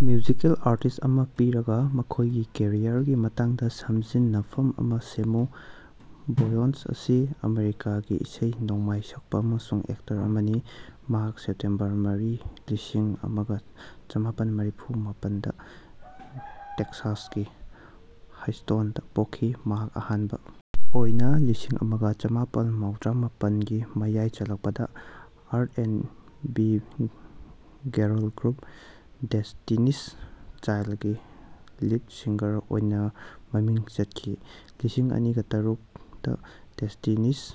Musical artist ꯑꯃ ꯄꯤꯔꯒ, ꯃꯈꯣꯏꯒꯤ ꯀꯦꯔꯤꯌꯔꯒꯤ ꯃꯇꯥꯡꯗ ꯁꯝꯖꯤꯟꯅꯐꯝ ꯑꯃ ꯁꯦꯝꯃꯨ꯫ ꯕꯦꯌꯣꯟꯁ ꯑꯁꯤ ꯑꯃꯦꯔꯤꯀꯥꯒꯤ ꯏꯁꯩ ꯅꯣꯡꯃꯥꯏ ꯁꯛꯄ ꯑꯃꯁꯨꯡ ꯑꯦꯛꯇꯔ ꯑꯃꯅꯤ, ꯃꯍꯥꯛ ꯁꯦꯞꯇꯦꯝꯕꯔ ꯃꯔꯤ, ꯂꯤꯁꯤꯡ ꯑꯃꯒ ꯆꯃꯥꯄꯟ ꯃꯔꯤꯐꯨ ꯃꯥꯄꯟ ꯗ ꯇꯦꯛꯁꯥꯁꯀꯤ ꯍꯧꯁ꯭ꯇꯣꯟꯗ ꯄꯣꯛꯈꯤ꯫ ꯃꯍꯥꯛ ꯑꯍꯥꯟꯕ ꯑꯣꯏꯅ ꯂꯤꯁꯤꯡ ꯑꯃꯒ ꯆꯃꯥꯄꯜ ꯃꯧꯗ꯭ꯔꯥ ꯃꯥꯄꯟ ꯒꯤ ꯃꯌꯥꯏ ꯆꯜꯂꯛꯄꯗ R and B girl group Destiny's ꯆꯥꯏꯜꯗꯀꯤ ꯂꯤꯗ ꯁꯤꯡꯒꯔ ꯑꯣꯏꯅꯥꯃꯃꯤꯡ ꯆꯠꯈꯤ꯫ ꯂꯤꯁꯤꯡ ꯑꯅꯤꯒ ꯇꯔꯨꯛ ꯇ ꯗꯦꯁ꯭ꯇꯤꯅꯤꯁ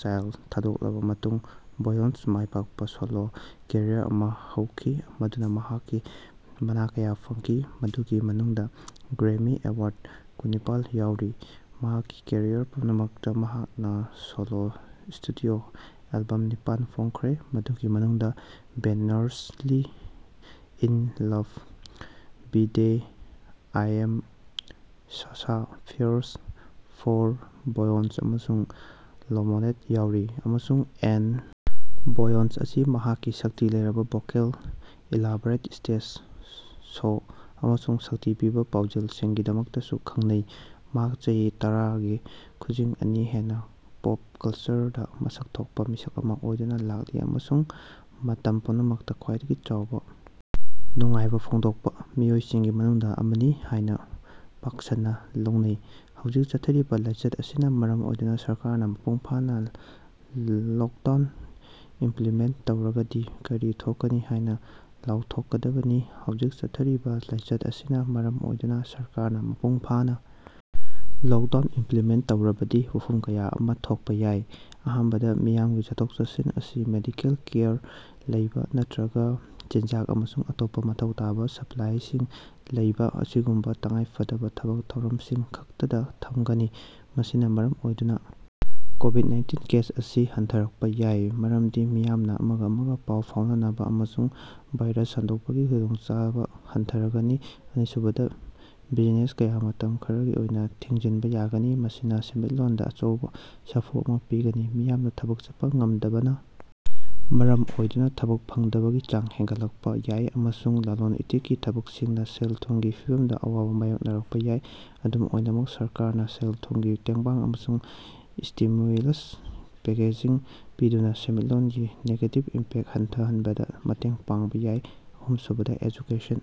ꯆꯥꯏꯜꯗ ꯊꯥꯗꯣꯛꯂꯕ ꯃꯇꯨꯡꯗ ꯕꯦꯌꯣꯟꯁꯅ ꯃꯥꯏꯄꯥꯛꯄ ꯁꯣꯂꯣ ꯀꯦꯔꯤꯌꯔ ꯑꯃꯥ ꯍꯧꯈꯤ ꯃꯗꯨꯅ ꯃꯍꯥꯛꯀꯤ ꯃꯅꯥ ꯀꯌꯥ ꯐꯪꯈꯤ, ꯃꯗꯨꯒꯤ ꯃꯅꯨꯡꯗ ꯒ꯭ꯔꯦꯃꯤ ꯑꯦꯋꯥꯔꯗ ꯀꯨꯟꯅꯤꯄꯥꯜ ꯌꯥꯎꯔꯤ꯫ ꯃꯍꯥꯛꯀꯤ ꯀꯦꯔꯤꯌꯔ ꯄꯨꯝꯅꯃꯛꯇ ꯃꯍꯥꯛꯅ ꯁꯣꯂꯣ ꯁ꯭ꯇꯨꯗꯤꯑꯣ ꯑꯦꯂꯕꯝ ꯅꯤꯄꯥꯟ ꯐꯣꯡꯈ꯭ꯔꯦ, ꯃꯗꯨꯒꯤ ꯃꯅꯨꯡꯗ dangerously in love, B'Day, I am Sasha fierce, four, Beyonce, ꯑꯃꯁꯨꯡ ꯂꯦꯃꯣꯅꯦꯗ ꯌꯥꯎꯔꯤ ꯫ ꯑꯃꯁꯨꯡ ꯑꯦꯟ. ꯕꯦꯌꯣꯟꯁ ꯑꯁꯤ ꯃꯍꯥꯛꯀꯤ ꯁꯛꯇꯤ ꯂꯩꯔꯕ ꯚꯣꯀꯦꯜ, ꯏꯂꯥꯕꯔꯦꯠ ꯁ꯭ꯇꯦꯖ ꯁꯣ ꯑꯃꯁꯨꯡ ꯁꯛꯇꯤ ꯄꯤꯕ ꯄꯥꯎꯖꯦꯜꯁꯤꯡꯒꯤꯗꯃꯛꯇꯁꯨ ꯈꯪꯅꯩ꯫ ꯃꯍꯥꯛ ꯆꯍꯤ ꯇꯔꯥꯒꯤ ꯈꯨꯖꯤꯡ ꯑꯅꯤ ꯍꯦꯟꯅ ꯄꯣꯞ ꯀꯜꯆꯔꯗ ꯃꯁꯛ ꯊꯣꯛꯄ ꯃꯤꯁꯛ ꯑꯃ ꯑꯣꯏꯗꯨꯅ ꯂꯥꯛꯂꯤ ꯑꯃꯁꯨꯡ ꯃꯇꯝ ꯄꯨꯝꯅꯃꯛꯇ ꯈ꯭ꯋꯥꯏꯗꯒꯤ ꯆꯥꯎꯕ ꯅꯨꯡꯉꯥꯏꯕ ꯐꯣꯡꯗꯣꯛꯄ ꯃꯤꯑꯣꯏꯁꯤꯡꯒꯤ ꯃꯅꯨꯡꯗ ꯑꯃꯅꯤ ꯍꯥꯏꯅ ꯄꯥꯛꯁꯟꯅ ꯂꯧꯅꯩ꯫ ꯍꯧꯖꯤꯛ ꯆꯠꯊꯔꯤꯕ ꯂꯥꯏꯆꯠ ꯑꯁꯤꯅ ꯃꯔꯝ ꯑꯣꯏꯗꯨꯅ ꯁꯔꯀꯥꯔꯅ ꯃꯄꯨꯡ ꯐꯥꯅ ꯂꯣꯛꯗꯥꯎꯟ ꯏꯝꯄ꯭ꯂꯤꯃꯦꯟꯇ ꯇꯧꯔꯒꯗꯤ ꯀꯔꯤ ꯊꯣꯛꯀꯅꯤ ꯍꯥꯏꯅ ꯂꯥꯎꯊꯣꯛꯀꯗꯕꯅꯤ꯫ ꯍꯧꯖꯤꯛ ꯆꯠꯊꯔꯤꯕꯥ ꯂꯥꯏꯆꯠ ꯑꯁꯤꯅ ꯃꯔꯝ ꯑꯣꯏꯗꯨꯅ ꯁꯔꯀꯥꯔꯅ ꯃꯄꯨꯡ ꯐꯥꯅ ꯂꯣꯛꯗꯥꯎꯟ ꯏꯝꯄ꯭ꯂꯤꯃꯦꯟꯇ ꯇꯧꯔꯕꯗꯤ ꯋꯥꯐꯝ ꯀꯌꯥ ꯑꯃ ꯊꯣꯛꯄ ꯌꯥꯏ꯫ ꯑꯍꯥꯟꯕꯗ, ꯃꯤꯌꯥꯝꯒꯤ ꯆꯠꯊꯣꯛ-ꯆꯠꯁꯤꯟ ꯑꯁꯤ ꯃꯦꯗꯤꯀꯦꯜ ꯀꯦꯌꯔ ꯂꯧꯕ ꯅꯠꯇ꯭ꯔꯒ ꯆꯤꯟꯖꯥꯛ ꯑꯃꯁꯨꯡ ꯑꯇꯣꯞꯄ ꯃꯊꯧ ꯇꯥꯕ ꯁꯞꯄ꯭ꯂꯥꯏꯁꯤꯡ ꯂꯧꯕ ꯑꯁꯤꯒꯨꯝꯕ ꯇꯉꯥꯏ ꯐꯗꯕ ꯊꯕꯛ ꯊꯧꯔꯝꯁꯤꯡ ꯈꯛꯇꯗ ꯊꯝꯒꯅꯤ꯫ ꯃꯁꯤꯅ ꯃꯔꯝ ꯑꯣꯏꯗꯨꯅ ꯀꯣꯚꯤꯗ-ꯅꯥꯏꯟꯇꯤꯟ ꯀꯦꯁ ꯃꯁꯤꯡ ꯍꯟꯊꯔꯛꯄ ꯌꯥꯏ, ꯃꯔꯝꯗꯤ ꯃꯤꯌꯥꯝꯅ ꯑꯃꯒ-ꯑꯃꯒ ꯄꯥꯎ ꯐꯥꯎꯅꯅꯕ ꯑꯃꯁꯨꯡ ꯚꯥꯏꯔꯁ ꯁꯟꯗꯣꯛꯄꯒꯤ ꯈꯨꯗꯣꯡꯆꯥꯕ ꯍꯟꯊꯔꯒꯅꯤ꯫ ꯑꯅꯤꯁꯨꯕꯗ, ꯕꯤꯖꯤꯅꯦꯁ ꯀꯌꯥ ꯃꯇꯝ ꯈꯔꯒꯤ ꯑꯣꯏꯅ ꯊꯤꯡꯖꯤꯟꯕ ꯌꯥꯒꯅꯤ, ꯃꯁꯤꯅ ꯁꯦꯟꯃꯤꯠꯂꯣꯟꯗ ꯑꯆꯧꯕ ꯁꯥꯐꯨ ꯑꯃ ꯄꯤꯒꯅꯤ꯫ ꯃꯤꯌꯥꯝꯅ ꯊꯕꯛ ꯆꯠꯄ ꯉꯝꯗꯕꯅ ꯃꯔꯝ ꯑꯣꯏꯗꯨꯅ ꯊꯕꯛ ꯐꯪꯗꯕꯒꯤ ꯆꯥꯡ ꯍꯦꯟꯒꯠꯂꯛꯄ ꯌꯥꯏ, ꯑꯃꯁꯨꯡ ꯂꯂꯣꯟ-ꯏꯇꯤꯛꯀꯤ ꯊꯕꯛꯁꯤꯡꯅ ꯁꯦꯜ-ꯊꯨꯝꯒꯤ ꯐꯤꯚꯝꯗ ꯑꯋꯥꯕ ꯃꯥꯌꯣꯛꯅꯔꯛꯄ ꯌꯥꯏ꯫ ꯑꯗꯨꯝ ꯑꯣꯏꯅꯃꯛ ꯁꯔꯀꯥꯔꯅ ꯁꯦꯜ-ꯊꯨꯃꯒꯤ ꯇꯦꯡꯕꯥꯡ ꯑꯃꯁꯨꯡ ꯁ꯭ꯇꯤꯃ꯭ꯌꯨꯂꯁ ꯄꯦꯀꯦꯖꯁꯤꯡ ꯄꯤꯗꯨꯅ ꯁꯦꯟꯃꯤꯠꯂꯣꯟꯒꯤ ꯅꯦꯒꯦꯇꯤꯚ ꯏꯝꯄꯦꯛꯇ ꯍꯟꯊꯍꯟꯕꯗ ꯃꯇꯦꯡ ꯄꯥꯡꯕ ꯌꯥꯏ꯫ ꯑꯍꯨꯝꯁꯨꯕ, ꯑꯦꯖꯨꯀꯦꯁꯟ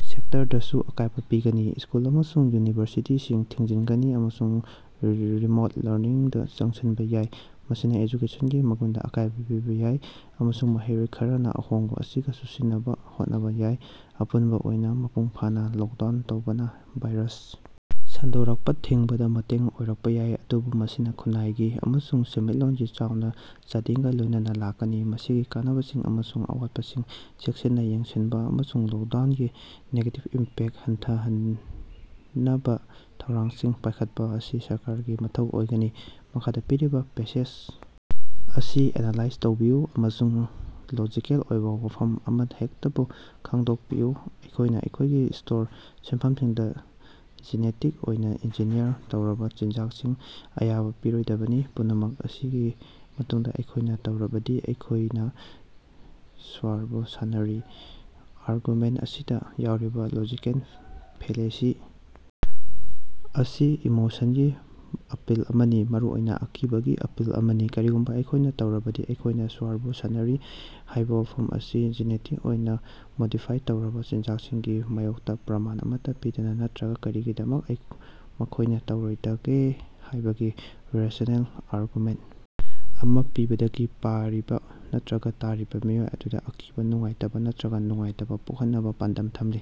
ꯁꯦꯛꯇꯔꯗꯁꯨ ꯑꯀꯥꯏꯕ ꯄꯤꯒꯅꯤ, ꯁ꯭ꯀꯨꯜ ꯑꯃꯁꯨꯡ ꯌꯨꯅꯤꯚꯔꯁꯤꯇꯤꯁꯤꯡ ꯊꯤꯡꯖꯤꯟꯒꯅꯤ ꯑꯃꯁꯨꯡ ꯔꯤꯃꯣꯠ ꯂꯔꯅꯤꯡꯗ ꯆꯪꯁꯤꯟꯕ ꯌꯥꯏ꯫ ꯃꯁꯤꯅ ꯑꯦꯖꯨꯀꯦꯁꯟꯒꯤ ꯃꯒꯨꯟꯗ ꯑꯀꯥꯏꯕ ꯄꯤꯕ ꯌꯥꯏ, ꯑꯃꯁꯨꯡ ꯃꯍꯩꯔꯣꯏ ꯈꯔꯅ ꯑꯍꯣꯡꯕ ꯑꯁꯤꯒ ꯆꯨꯁꯤꯟꯅꯅꯕ ꯍꯣꯠꯅꯕ ꯌꯥꯏ꯫ ꯑꯄꯨꯟꯕ ꯑꯣꯏꯅ ꯃꯄꯨꯡ ꯐꯥꯅ ꯂꯣꯛꯗꯥꯎꯟ ꯇꯧꯕꯅ ꯚꯥꯏꯔꯁ ꯁꯟꯗꯣꯔꯛꯄ ꯊꯤꯡꯕꯗ ꯃꯇꯦꯡ ꯑꯣꯏꯔꯛꯄ ꯌꯥꯏ, ꯑꯗꯨꯕꯨ ꯃꯁꯤꯅ ꯈꯨꯟꯅꯥꯏꯒꯤ ꯑꯃꯁꯨꯡ ꯁꯦꯟꯃꯤꯠꯂꯣꯟꯒꯤ ꯆꯥꯎꯅ ꯆꯥꯗꯤꯡꯒ ꯂꯣꯏꯅꯅ ꯂꯥꯛꯀꯅꯤ꯫ ꯃꯁꯤꯒꯤ ꯀꯥꯟꯅꯕꯁꯤꯡ ꯑꯃꯁꯨꯡ ꯑꯋꯥꯠꯄꯁꯤꯡ ꯆꯦꯛꯁꯤꯟꯅ ꯌꯦꯡꯁꯤꯟꯕ ꯑꯃꯁꯨꯡ ꯂꯣꯛꯗꯥꯎꯅꯒꯤ ꯅꯦꯒꯦꯇꯤꯚ ꯏꯝꯄꯦꯛꯇ ꯍꯟꯊꯍꯟꯅꯕꯥꯊꯧꯔꯥꯡꯁꯤꯡ ꯄꯥꯏꯈꯠꯄ ꯑꯁꯤ ꯁꯔꯀꯥꯔꯒꯤ ꯃꯊꯧ ꯑꯣꯏꯒꯅꯤ꯫ ꯃꯈꯥꯗ ꯄꯤꯔꯤꯕ ꯄꯦꯁꯦꯖ ꯑꯁꯤ ꯑꯦꯅꯂꯥꯏꯖ ꯇꯧꯕꯤꯌꯨ ꯑꯃꯁꯨꯡ ꯂꯣꯖꯤꯀꯦꯜ ꯑꯣꯏꯕ ꯋꯥꯐꯝ ꯑꯃꯍꯦꯛꯇꯕꯨ ꯈꯪꯗꯣꯛꯄꯤꯌꯨ꯫ ꯑꯩꯈꯣꯏꯅ ꯑꯩꯈꯣꯏꯒꯤ ꯁ꯭ꯇꯣꯔ ꯁꯦꯜꯐꯝꯁꯤꯡꯗ ꯖꯤꯅꯦꯇꯤꯛ ꯑꯣꯏꯅ ꯏꯟꯖꯤꯅꯤꯌꯔ ꯇꯧꯔꯕ ꯆꯤꯟꯖꯥꯛꯁꯤꯡ ꯑꯌꯥꯕ ꯄꯤꯔꯣꯏꯗꯕꯅꯤ꯫ ꯄꯨꯝꯅꯃꯛ ꯑꯁꯤꯒꯤ ꯃꯇꯨꯡꯗ ꯑꯩꯈꯣꯏꯅ ꯇꯧꯔꯕꯗꯤ ꯑꯩꯈꯣꯏꯅ ꯏꯁ꯭ꯋꯔꯕꯨ ꯁꯥꯟꯅꯔꯤ꯫ ꯑꯥꯔꯒꯨꯃꯦꯟꯇ ꯑꯁꯤꯗ ꯌꯥꯎꯔꯤꯕ ꯂꯣꯖꯤꯀꯦꯜ ꯐꯦꯂꯦꯁꯤ ꯑꯁꯤ ꯏꯃꯣꯁꯟꯒꯤ ꯑꯄꯤꯜ ꯑꯃꯅꯤ, ꯃꯔꯨꯑꯣꯏꯅ ꯑꯀꯤꯕꯒꯤ ꯑꯄꯤꯜ ꯑꯃꯅꯤ꯫ ꯀꯔꯤꯒꯨꯝꯕ ꯑꯩꯈꯣꯏꯅ ꯇꯧꯔꯕꯗꯤ ꯑꯩꯈꯣꯏꯅ ꯏꯁ꯭ꯋꯔꯕꯨ ꯁꯥꯟꯅꯔꯤ ꯍꯥꯏꯕ ꯋꯥꯐꯝ ꯑꯁꯤꯅ ꯖꯤꯅꯦꯇꯤꯛ ꯑꯣꯏꯅ ꯃꯣꯗꯤꯐꯥꯏꯗ ꯇꯧꯔꯕ ꯆꯤꯟꯖꯥꯛꯁꯤꯡꯒꯤ ꯃꯥꯌꯣꯛꯇ ꯄ꯭ꯔꯃꯥꯟ ꯑꯃꯠꯇ ꯄꯤꯗꯅ ꯅꯠꯇ꯭ꯔꯒ ꯀꯔꯤꯒꯤꯗꯃꯛꯇ ꯃꯈꯣꯏꯅ ꯇꯧꯔꯣꯏꯗꯒꯦ ꯍꯥꯏꯕꯒꯤ ꯔꯦꯁ꯭ꯅꯦꯜ ꯑꯥꯔꯒꯨꯃꯦꯟꯇ ꯑꯃ ꯄꯤꯕꯗꯒꯤ ꯄꯥꯔꯤꯕ ꯅꯠꯇ꯭ꯔꯒ ꯇꯥꯔꯤꯕ ꯃꯤꯑꯣꯏ ꯑꯗꯨꯗ ꯑꯀꯤꯕ, ꯅꯨꯡꯉꯥꯏꯇꯕ ꯅꯠꯇ꯭ꯔꯒ ꯅꯨꯡꯉꯥꯏꯇꯕ ꯄꯣꯛꯍꯟꯅꯕ ꯄꯥꯟꯗꯝ ꯊꯝꯂꯤ꯫